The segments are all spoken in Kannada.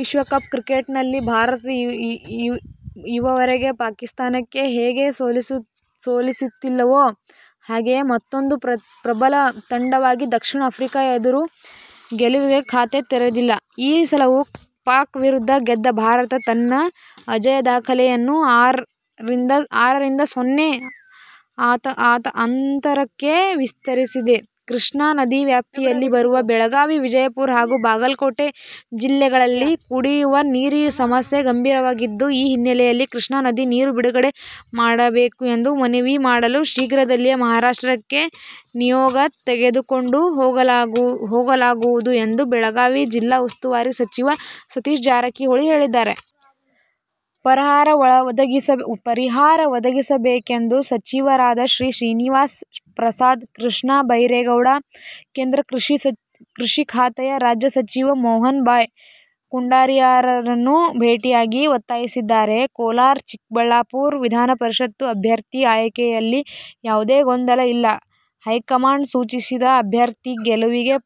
ವಿಶ್ವಕಪ್ ಕ್ರಿಕೆಟ್ನಲ್ಲಿ ಭಾರತ ಈವವರೆಗೆ ಪಾಕಿಸ್ಥಾನಕ್ಕೆ ಹೇಗೆ ಸೋಲಿಸುತಿಲ್ಲವೋ, ಹಾಗೆಯೇ ಮತ್ತೂಂದು ಪ್ರಬಲ ತಂಡವಾಗಿ ದಕ್ಷಿಣ ಆಫ್ರಿಕಾ ಎದುರು ಗೆಲುವಿನ ಖಾತೆ ತೆರೆದಿಲ್ಲ. ಈ ಸಲವೂ ಪಾಕ್ ವಿರುದ್ಧ ಗೆದ್ದ ಭಾರತ ತನ್ನ ಅಜೇಯ ದಾಖಲೆಯನ್ನು ಆರ ರಿಂದ ಸೊನ್ನೆ ಅಂತರಕ್ಕೆ ವಿಸ್ತರಿಸಿದೆ. ಕೃಷ್ಣಾ ನದಿ ವ್ಯಾಪ್ತಿಯಲ್ಲಿ ಬರುವ ಬೆಳಗಾವಿ, ವಿಜಯಪುರ ಹಾಗೂ ಬಾಗಲಕೋಟೆ ಜಿಲ್ಲೆಗಳಲ್ಲಿ ಕುಡಿಯುವ ನೀರಿನ ಸಮಸ್ಯೆ ಗಂಭೀರವಾಗಿದ್ದು, ಈ ಹಿನ್ನೆಲೆಯಲ್ಲಿ ಕೃಷ್ಣಾ ನದಿ ನೀರು ಬಿಡುಗಡೆ ಮಾಡಬೇಕು ಎಂದು ಮನವಿ ಮಾಡಲು ಶೀಘ್ರದಲ್ಲೇ ಮಹಾರಾಷ್ಟ್ರಕ್ಕೆ ನಿಯೋಗ ತೆಗೆದುಕೊಂಡು ಹೋಗಲಾಗುವುದು ಎಂದು ಬೆಳಗಾವಿ ಜಿಲ್ಲಾ ಉಸ್ತುವಾರಿ ಸಚಿವ ಸತೀಶ ಜಾರಕಿಹೊಳಿ ಹೇಳಿದ್ದಾರೆ. ಪರಿಹಾರ ಒದಗಿಸಬೇಕೆಂದು ಸಚಿವರಾದ ಶ್ರೀನಿವಾಸ್ ಪ್ರಸಾದ್, ಕೃಷ್ಣ ಬೈರೇ ಗೌಡ, ಕೇಂದ್ರ ಕೃಷಿ ಖಾತೆಯ ರಾಜ್ಯ ಸಚಿವ ಮೋಹನ್ ಬಾಯ್ ಕುಂಡಾರಿಯಾರನ್ನು ಭೇಟಿಯಾಗಿ ಒತ್ತಾಯಿಸಿದ್ದಾರೆ. ಕೋಲಾರ-ಚಿಕ್ಕಬಳ್ಳಾಪುರ ವಿಧಾನಪರಿಷತ್ ಅಭ್ಯರ್ಥಿ ಆಯ್ಕೆಯಲ್ಲಿಯಾವುದೇ ಗೊಂದಲ ಇಲ್ಲ. ಹೈಕಮಾಂಡ್ ಸೂಚಿಸಿದ ಅಭ್ಯ ರ್ಥಿ ಗೆಲುವಿಗೆ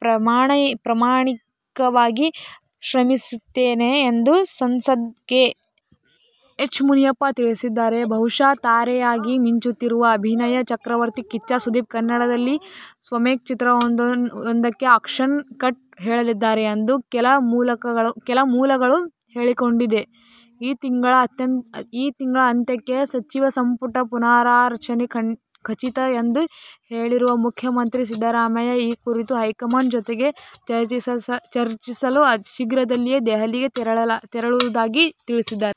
ಪ್ರಾಮಾಣಿ ಕವಾಗಿ ಶ್ರಮಿಸುತ್ತೇನೆ ಎಂದು ಸಂಸದ ಕೆ. ಎಚ್. ಮುನಿಯಪ್ಪ ತಿಳಿಸಿದ್ದಾರೆ. ಬಹುಭಾಷಾ ತಾರೆಯಾಗಿ ಮಿಂಚುತ್ತಿರುವ ಅಭಿನಯ ಚಕ್ರವರ್ತಿ ಕಿಚ್ಚ ಸುದೀಪ್ ಕನ್ನಡದಲ್ಲಿ ಸ್ವಮೇಕ್ ಚಿತ್ರವೊಂದಕ್ಕೆ ಆ್ಯಕ್ಷನ್ ಕಟ್ ಹೇಳಲಿದ್ದಾರೆ ಎಂದು ಕೆಲ ಮೂಲಗಳು ಹೇಳಿಕೊಂಡಿದೆ. ಈ ತಿಂಗಳ ಅಂತ್ಯಕ್ಕೆ ಸಚಿವ ಸಂಪುಟ ಪುನಾರಚನೆ ಖಚಿತ ಎಂದು ಹೇಳಿರುವ ಮುಖ್ಯಮಂತ್ರಿ ಸಿದ್ದರಾಮಯ್ಯ, ಈ ಕುರಿತು ಹೈಕಮಾಂಡ್ ಜೊತೆಗೆ ಚರ್ಚಿಸಲು ಶೀಘ್ರದಲ್ಲೇ ದೆಹಲಿಗೆ ತೆರಳುವುದಾಗಿ ತಿಳಿಸಿದ್ದಾರೆ.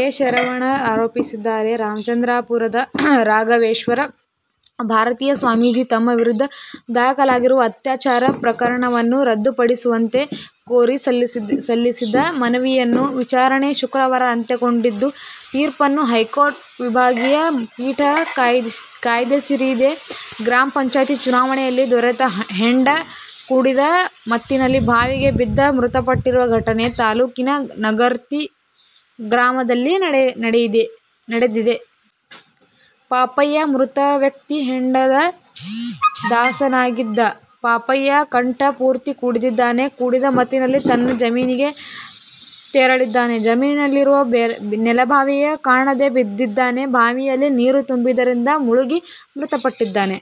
ಎ. ಶರವಣ ಆರೋಪಿಸಿದ್ದಾರೆ. ರಾಮಚಂದ್ರಾಪುರದ ರಾಘವೇಶ್ವರ ಭಾರತೀಯ ಸ್ವಾಮೀಜಿ ತಮ್ಮ ವಿರುದ್ಧ ದಾಖಲಾಗಿರುವ ಅತ್ಯಾಚಾರ ಪ್ರಕರಣವನ್ನು ರದ್ದುಪಡಿಸುವಂತೆ ಕೋರಿ ಸಲ್ಲಿಸಿದ್ದ ಮನವಿಯನ್ನು ವಿಚಾರಣೆ ಶುಕ್ರವಾರ ಅಂತ್ಯಗೊಂಡಿದ್ದು, ತೀರ್ಪನ್ನು ಹೈಕೋರ್ಟ್ ವಿಭಾಗೀಯ ಪೀಠ ಕಾಯ್ದಿರಿಸಿದೆ. ಗ್ರಾಮ ಪಂಚಾಯಿತಿ ಚುನಾವಣೆಯಲ್ಲಿ ದೊರೆತ ಹೆಂಡ ಕುಡಿದ ಮತ್ತಿನಲ್ಲಿ ಬಾವಿಗೆ ಬಿದ್ದ ಮೃತಪಟ್ಟಿರುವ ಘಟನೆ ತಾಲೂಕಿನ ನಗರ್ತಿ ಗ್ರಾಮದಲ್ಲಿ ನಡೆದಿದೆ. ಪಾಪಯ್ಯ ಮೃತವ್ಯಕ್ತಿ. ಹೆಂಡದ ದಾಸನಾಗಿದ್ದ ಪಾಪಯ್ಯ ಕಂಠ ಪೂರ್ತಿ ಕುಡಿದಿದ್ದಾನೆ. ಕುಡಿದ ಮತ್ತಿನಲ್ಲಿ ತನ್ನ ಜಮೀನಿಗೆ ತೆರಳಿದ್ದಾನೆ. ಜಮೀನಿನಲ್ಲಿರುವ ನೆಲಬಾವಿ ಕಾಣದೆ ಬಿದ್ದಿದ್ದಾನೆ. ಬಾವಿಯಲ್ಲಿ ನೀರು ತುಂಬಿದ್ದರಿಂದ ಮುಳುಗಿ ಮೃತಪಟ್ಟಿದ್ದಾನೆ.